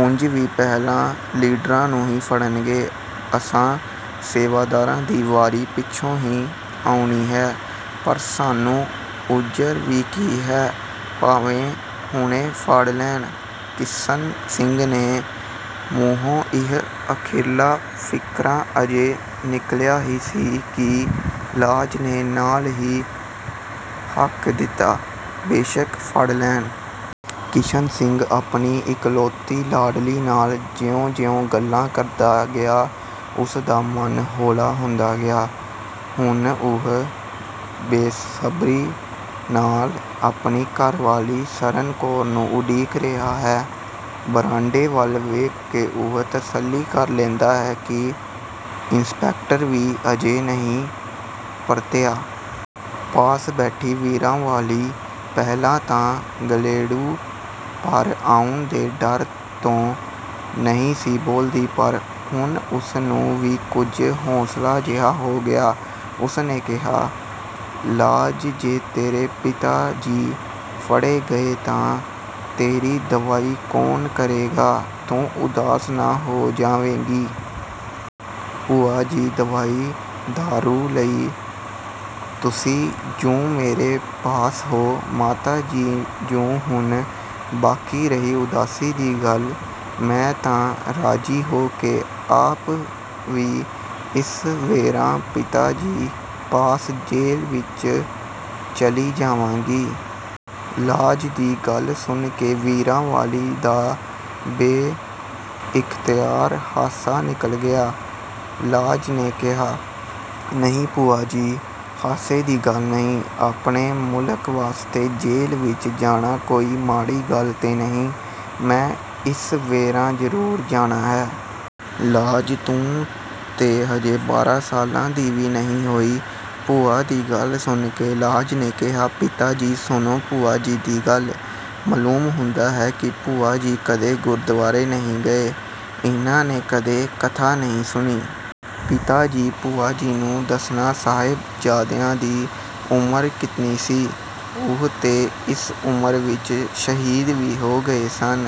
ਉਂਜ ਵੀ ਪਹਿਲਾਂ ਲੀਡਰਾਂ ਨੂੰ ਹੀ ਫੜਨਗੇ, ਅਸਾਂ ਸੇਵਾਦਾਰਾਂ ਦੀ ਵਾਰੀ ਪਿਛੋਂ ਹੀ ਆਉਣੀ ਹੈ, ਪਰ ਸਾਨੂੰ ਉਜ਼ਰ ਵੀ ਕੀ ਹੈ? ਭਾਵੇਂ ਹੁਣੇ ਫੜ ਲੈਣ। ਕਿਸ਼ਨ ਸਿੰਘ ਦੇ ਮੂੰਹੋਂ ਇਹ ਅਖੀਰਲਾ ਫ਼ਿਕਰਾ ਅਜੇ ਨਿਕਲਿਆ ਹੀ ਸੀ ਕਿ ਲਾਜ ਨੇ ਨਾਲ ਹੀ ਆਖ ਦਿੱਤਾ:- "ਬੇਸ਼ਕ ਫੜ ਲੈਣ"। ਕਿਸ਼ਨ ਸਿੰਘ ਆਪਣੀ ਇਕਲੌਤੀ ਲਾਡਲੀ ਨਾਲ ਜਿਉਂ-ਜਿਉਂ ਗੱਲਾਂ ਕਰਦਾ ਗਿਆ, ਉਸਦਾ ਮਨ ਹੌਲਾ ਹੁੰਦਾ ਗਿਆ। ਹੁਣ ਉਹ ਬੇਸਬਰੀ ਨਾਲ ਆਪਣੀ ਘਰਵਾਲੀ ਸਰਨ ਕੌਰ ਨੂੰ ਉਡੀਕ ਰਿਹਾ ਹੈ। ਬਰਾਂਡੇ ਵੱਲ ਵੇਖ ਕੇ ਉਹ ਤਸੱਲੀ ਕਰ ਲੈਂਦਾ ਹੈ ਕਿ ਇੰਸਪੈਕਟਰ ਵੀ ਅਜੇ ਨਹੀਂ ਪਰਤਿਆ। ਪਾਸ ਬੈਠੀ ਵੀਰਾਂ ਵਾਲੀ ਪਹਿਲਾਂ ਤਾਂ ਗਲੇਡੂ ਭਰ ਆਉਣ ਦੇ ਡਰ ਤੋਂ ਨਹੀਂ ਸੀ ਬੋਲਦੀ ਪਰ ਹੁਣ ਉਸ ਨੂੰ ਵੀ ਕੁਝ ਹੌਸਲਾ ਜਿਹਾ ਹੋ ਗਿਆ। ਉਸ ਨੇ ਕਿਹਾ:- "ਲਾਜ, ਜੇ ਤੇਰੇ ਪਿਤਾ ਜੀ ਫੜੇ ਗਏ ਤਾਂ ਤੇਰੀ ਦਵਾਈ ਕੌਣ ਕਰੇਗਾ, ਤੂੰ ਉਦਾਸ ਨਾ ਹੋ ਜਾਵੇਂਗੀ"? ਭੂਆ ਜੀ, ਦਵਾਈ ਦਾਰੂ ਲਈ ਤੁਸੀਂ ਜੁ ਮੇਰੇ ਪਾਸ ਹੋ, ਮਾਤਾ ਜੀ ਜੁ ਹਨ, ਬਾਕੀ ਰਹੀ ਉਦਾਸੀ ਦੀ ਗੱਲ, ਮੈਂ ਤਾਂ ਰਾਜ਼ੀ ਹੋ ਕੇ ਆਪ ਵੀ ਇਸ ਵੇਰਾਂ ਪਿਤਾ ਜੀ ਪਾਸ ਜੇਲ ਵਿੱਚ ਚਲੀ ਜਾਵਾਂਗੀ। ਲਾਜ ਦੀ ਗਲ ਸੁਣ ਕੇ ਵੀਰਾਂ ਵਾਲੀ ਦਾ ਬੇ-ਇਖਤਿਆਰ ਹਾਸਾ ਨਿਕਲ ਗਿਆ। ਲਾਜ ਨੇ ਕਿਹਾ:- "ਨਹੀਂ ਭੂਆ ਜੀ ਹਾਸੇ ਦੀ ਗੱਲ ਨਹੀਂ, ਆਪਣੇ ਮੁਲਕ ਵਾਸਤੇ ਜੇਲ ਵਿੱਚ ਜਾਣਾ ਕੋਈ ਮਾੜੀ ਗੱਲ ਤੇ ਨਹੀਂ, ਮੈਂ ਇਸ ਵੇਰਾਂ ਜ਼ਰੂਰ ਜਾਣਾ ਹੈ। ਲਾਜ, ਤੂੰ ਤੇ ਅਜੇ ਬਾਰਾਂ ਸਾਲਾਂ ਦੀ ਵੀ ਨਹੀਂ ਹੋਈ। ਭੂਆ ਦੀ ਗੱਲ ਸੁਣ ਕੇ ਲਾਜ ਨੇ ਕਿਹਾ:- "ਪਿਤਾ ਜੀ, ਸੁਣੋ ਭੂਆ ਜੀ ਦੀ ਗੱਲ, ਮਲੂਮ ਹੁੰਦਾ ਹੈ, ਕਿ ਭੂਆ ਜੀ ਕਦੇ ਗੁਰਦਵਾਰੇ ਨਹੀਂ ਗਏ, ਇਨ੍ਹਾਂ ਨੇ ਕਦੇ ਕਥਾ ਨਹੀਂ ਸੁਣੀ। ਪਿਤਾ ਜੀ, ਭੂਆ ਜੀ ਨੂੰ ਦੱਸਣਾ, ਸਾਹਿਬ-ਜ਼ਾਦਿਆਂ ਦੀ ਉਮਰ ਕਿਤਨੀ ਸੀ? ਉਹ ਤੇ ਇਸ ਉਮਰ ਵਿਚ ਸ਼ਹੀਦ ਵੀ ਹੋ ਗਏ ਸਨ,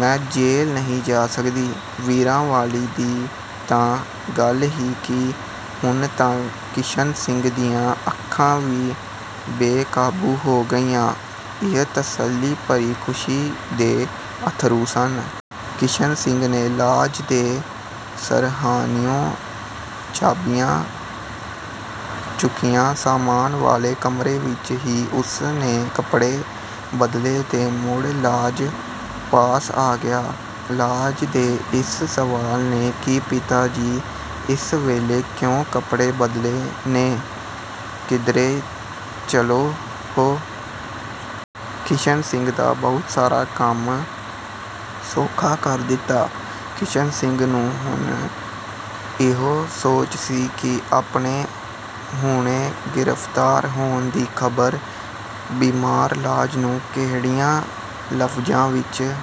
ਮੈਂ ਜੇਲ ਨਹੀਂ ਜਾ ਸਕਦੀ? ਵੀਰਾਂ ਵਾਲੀ ਦੀ ਤਾਂ ਗੱਲ ਹੀ ਕੀ, ਹੁਣ ਤਾਂ ਕਿਸ਼ਨ ਸਿੰਘ ਦੀਆਂ ਅੱਖਾਂ ਵੀ ਬੇ-ਕਾਬੂ ਹੋ ਗਈਆਂ, ਇਹ ਤਸੱਲੀ ਭਰੀ ਖ਼ੁਸ਼ੀ ਦੇ ਅੱਥਰੂ ਸਨ। ਕਿਸ਼ਨ ਸਿੰਘ ਨੇ ਲਾਜ ਦੇ ਸਰਹਾਣਿਓ ਚਾਬੀਆਂ ਚੁੱਕੀਆ, ਸਾਮਾਨ ਵਾਲੇ ਕਮਰੇ ਵਿੱਚ ਹੀ ਉਸ ਨੇ ਕੱਪੜੇ ਬਦਲੇ, ਤੇ ਮੁੜ ਲਾਜ ਪਾਸ ਆ ਗਿਆ। ਲਾਜ ਦੇ ਇਸ ਸਵਾਲ ਨੇ ਕਿ "ਪਿਤਾ ਜੀ, ਇਸ ਵੇਲੇ ਕਿਉਂ ਕੱਪੜੇ ਬਦਲੇ ਨੇ, ਕਿਧਰੇ ਚਲੋ ਹੋ? ਕਿਸ਼ਨ ਸਿੰਘ ਦਾ ਬਹੁਤ ਸਾਰਾ ਕੰਮ ਸੌਖਾ ਕਰ ਦਿੱਤਾ। ਕਿਸ਼ਨ ਸਿੰਘ ਨੂੰ ਹੁਣ ਇਹੋ ਸੋਚ ਸੀ ਕਿ ਆਪਣੇ ਹੁਣੇ ਗ੍ਰਿਫ਼ਤਾਰ ਹੋਣ ਦੀ ਖ਼ਬਰ ਬੀਮਾਰ ਲਾਜ ਨੂੰ ਕੇਹੜਿਆਂ ਲਫਜ਼ਾਂ ਵਿੱਚ